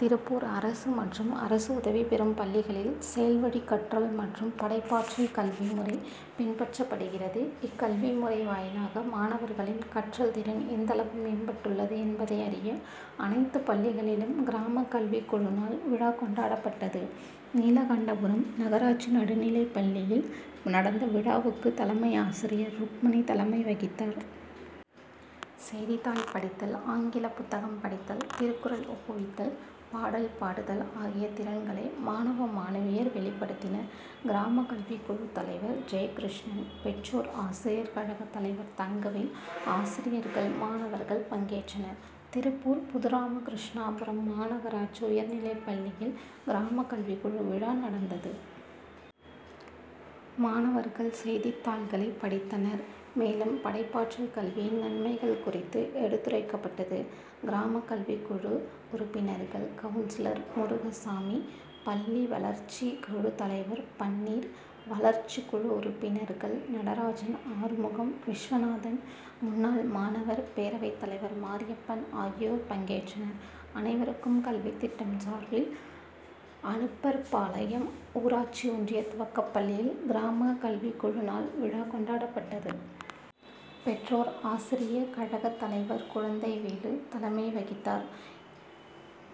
திருப்பூர் அரசு மற்றும் அரசு உதவி பெறும் பள்ளிகளில் செயல்வழிக்கற்றல் மற்றும் படைப்பாற்றல் கல்வி முறை பின்பற்றப்படுகிறது. இக்கல்வி முறை வாயிலாக மாணவர்களின் கற்றல் திறன் எந்தளவு மேம்பட்டுள்ளது என்பதை அறிய, அனைத்து பள்ளிகளிலும் கிராம கல்விக்குழு நாள் விழா கொண்டாடப்பட்டது. திருநீலகண்டபுரம் நகராட்சி நடுநிலைப்பள்ளியில் நடந்த விழாவுக்கு, தலைமை ஆசிரியர் ருக்மணி தலைமை வகித்தார். செய்தித்தாள் படித்தல், ஆங்கில புத்தகம் படித்தல், திருக்குறள் ஒப்புவித்தல், பாடல் பாடுதல் ஆகிய திறன்களை மாணவ, மாணவியர் வெளிப்படுத்தினர். கிராம கல்விக்குழு தலைவர் ஜெயகிருஷ்ணன், பெற்றோர் ஆசிரியர் கழக தலைவர் தங்கவேல், ஆசிரியர்கள், மாணவர்கள் பங்கேற்றனர். திருப்பூர் புதுராமகிருஷ்ணாபுரம் மாநகராட்சி உயர்நிலைப்பள்ளியில் கிராம கல்விக்குழு விழா நடந்தது. மாணவர்கள், செய்தித் தாள்களை படித்தனர். மேலும், படைப்பாற்றல் கல்வியின் நன்மைகள் குறித்து எடுத்துரைக்கப்பட்டது. கிராம கல்விக்குழு உறுப்பினர்கள், கவுன்சிலர் முருகசாமி, பள்ளி வளர்ச்சி குழு தலைவர் பன்னீர், வளர்ச்சிக்குழு உறுப்பினர்கள் நடராஜன், ஆறுமுகம், விஸ்வநாதன், முன்னாள் மாணவர் பேரவை தலைவர் மாரியப்பன் ஆகியோர் பங்கேற்றனர். அனைவருக்கும் கல்வித்திட்டம் சார்பில் அனுப்பர்பாளையம் ஊராட்சி ஒன்றிய துவக்கப்பள்ளியில் கிராம கல்விக்குழு நாள் விழா கொண்டாடப்பட்டது. பெற்றோர் ஆசிரிய கழகத்தலைவர் குழந்தைவேலு தலைமை வகித்தார்.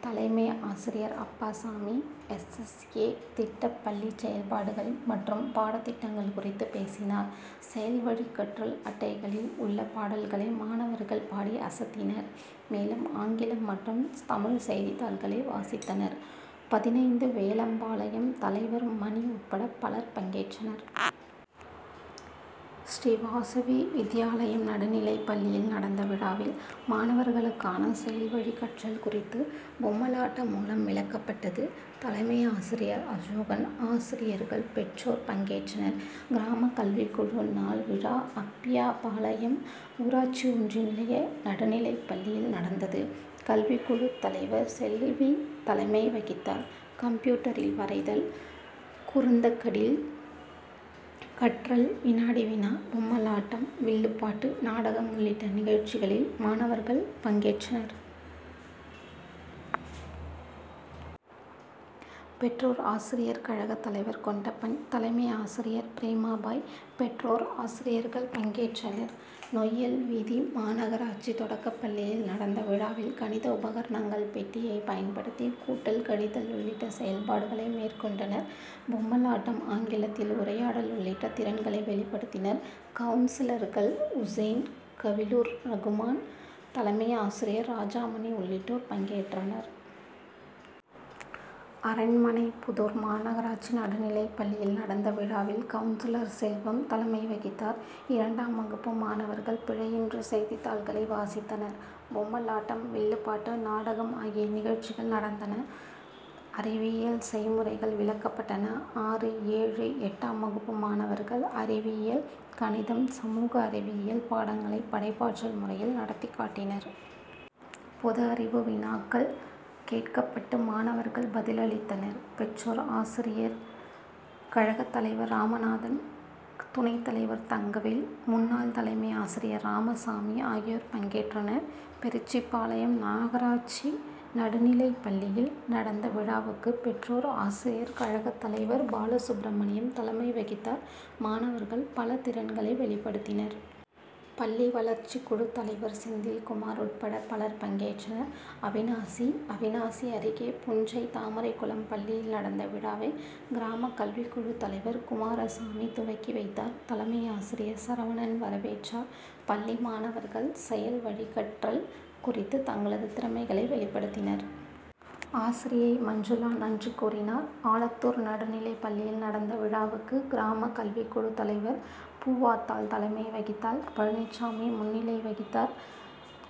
தலைமை ஆசிரியர் அப்பாசாமி, எஸ். எஸ். ஏ., திட்ட பள்ளி செயல்பாடுகள் மற்றும் பாடத்திட்டங்கள் குறித்து பேசினார். செயல்வழிக்கற்றல் அட்டைகளில் உள்ள பாடல்களை மாணவர்கள் பாடி அசத்தினர். மேலும், ஆங்கிலம் மற்றும் தமிழ் செய்தித்தாள்களை வாசித்தனர். பதினைந்து வேலம்பாளையம் தலைவர் மணி உட்பட பலர் பங்கேற்றனர். ஸ்ரீவாசவி வித்யாலயம் நடுநிலைப்பள்ளியில் நடந்த விழாவில், மாணவர்களுக்கான செயல்வழிக்கற்றல் குறித்து பொம்மலாட்டம் மூலம் விளக்கப்பட்டது. தலைமை ஆசிரியர் அசோகன், ஆசிரியர்கள், பெற்றோர் பங்கேற்றனர். கிராம கல்விக்குழு நாள் விழா, அப்பியாபாளையம் ஊராட்சி ஒன்றிய நடுநிலைப் பள்ளியில் நடந்தது. கல்விக்குழு தலைவர் செல்வி தலைமை வகித்தார். கம்ப்யூட்டரில் வரைதல், குறுந்தகடில் கற்றல், வினாடி வினா, பொம்மலாட்டம், வில்லுப்பாட்டு, நாடகம் உள்ளிட்ட நிகழ்ச்சிகளில் மாணவர்கள் பங்கேற்றனர். பெற்றோர் ஆசிரியர் கழக தலைவர் கொண்டப்பன், தலைமை ஆசிரியர் பிரேமாபாய், பெற்றோர், ஆசிரியர்கள் பங்கேற்றனர். நொய்யல் வீதி மாநகராட்சி தொடக்கப்பள்ளியில் நடந்த விழாவில், கணித உபகரணங்கள் பெட்டியை பயன்படுத்தி கூட்டல், கழித்தல் உள்ளிட்ட செயல்பாடுகளை மேற்கொண்டனர். பொம்மலாட்டம், ஆங்கிலத்தில் உரையாடல் உள்ளிட்ட திறன்களை வெளிப்படுத்தினர். கவுன்சிலர்கள் உசேன், கலிலுர் ரகுமான், தலைமை ஆசிரியர் ராஜாமணி உள்ளிட்டோர் பங்கேற்றனர். அரண்மனைபுதூர் மாநகராட்சி நடுநிலைப்பள்ளியில் நடந்த விழாவில் கவுன்சிலர் செல்வம் தலைமை வகித்தார். இரண்டாம் வகுப்பு மாணவர்கள் பிழையின்றி செய்தித்தாள்களை வாசித்தனர். பொம்மலாட்டம், வில்லுப்பாட்டு, நாடகம் ஆகிய நிகழ்ச்சிகள் நடந்தன. அறிவியல் செய்முறைகள் விளக்கப்பட்டன. ஆறு, ஏழு, எட்டாம் வகுப்பு மாணவர்கள் அறிவியல், கணிதம், சமூக அறிவியல் பாடங்களை படைப்பாற்றல் முறையில் நடத்திக்காட்டினர். பொது அறிவு வினாக்கள் கேட்கப்பட்டு, மாணவர்கள் பதிலளித்தனர். பெற்றோர் ஆசிரியர் கழக தலைவர் ராமநாதன், துணை தலைவர் தங்கவேல், முன்னாள் தலைமை ஆசிரியர் ராமசாமி ஆகியோர் பங்கேற்றனர். பெரிச்சிபாளையம் நகராட்சி நடுநிலைப்பள்ளியில் நடந்த விழாவுக்கு, பெற்றோர் ஆசிரியர் கழக தலைவர் பாலசுப்ரமணியம் தலைமை வகித்தார். மாணவர்கள் பல திறன்களை வெளிபடுத்தினர். பள்ளி வளர்ச்சி குழு தலைவர் செந்தில்குமார் உட்பட பலர் பங்கேற்றனர். அவிநாசி அவிநாசி அருகே புஞ்சை தாமரைக்குளம் பள்ளியில் நடந்த விழாவை, கிராம கல்விக்குழு தலைவர் குமாரசாமி துவக்கி வைத்தார். தலைமையாசிரியர் சரவணன் வரவேற்றார். பள்ளி மாணவர்கள், செயல் வழிக்கற்றல் குறித்து தங்களது திறமைகளை வெளிப்படுத்தினர். ஆசிரியை மஞ்சுளா நன்றி கூறினார். ஆலத்தூர் நடுநிலைப்பள்ளியில் நடந்த விழாவுக்கு, கிராம கல்விக்குழு தலைவர் பூவாத்தாள் தலைமை வகித்தார். பழனிசாமி முன்னிலை வகித்தார்.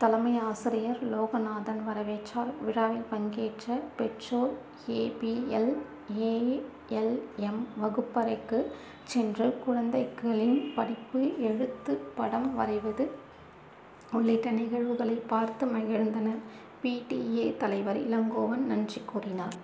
தலைமையாசிரியர் லோகநாதன் வரவேற்றார். விழாவில் பங்கேற்ற பெற்றோர், A. B. L., A. L. M., வகுப்பறைக்குச் சென்று, குழந்தைகளின் படிப்பு, எழுத்து, படம் வரைவது உள்ளிட்ட நிகழ்வுகளை பார்த்து மகிழ்ந்தனர். பி. டி. ஏ., தலைவர் இளங்கோவன் நன்றி கூறினார்.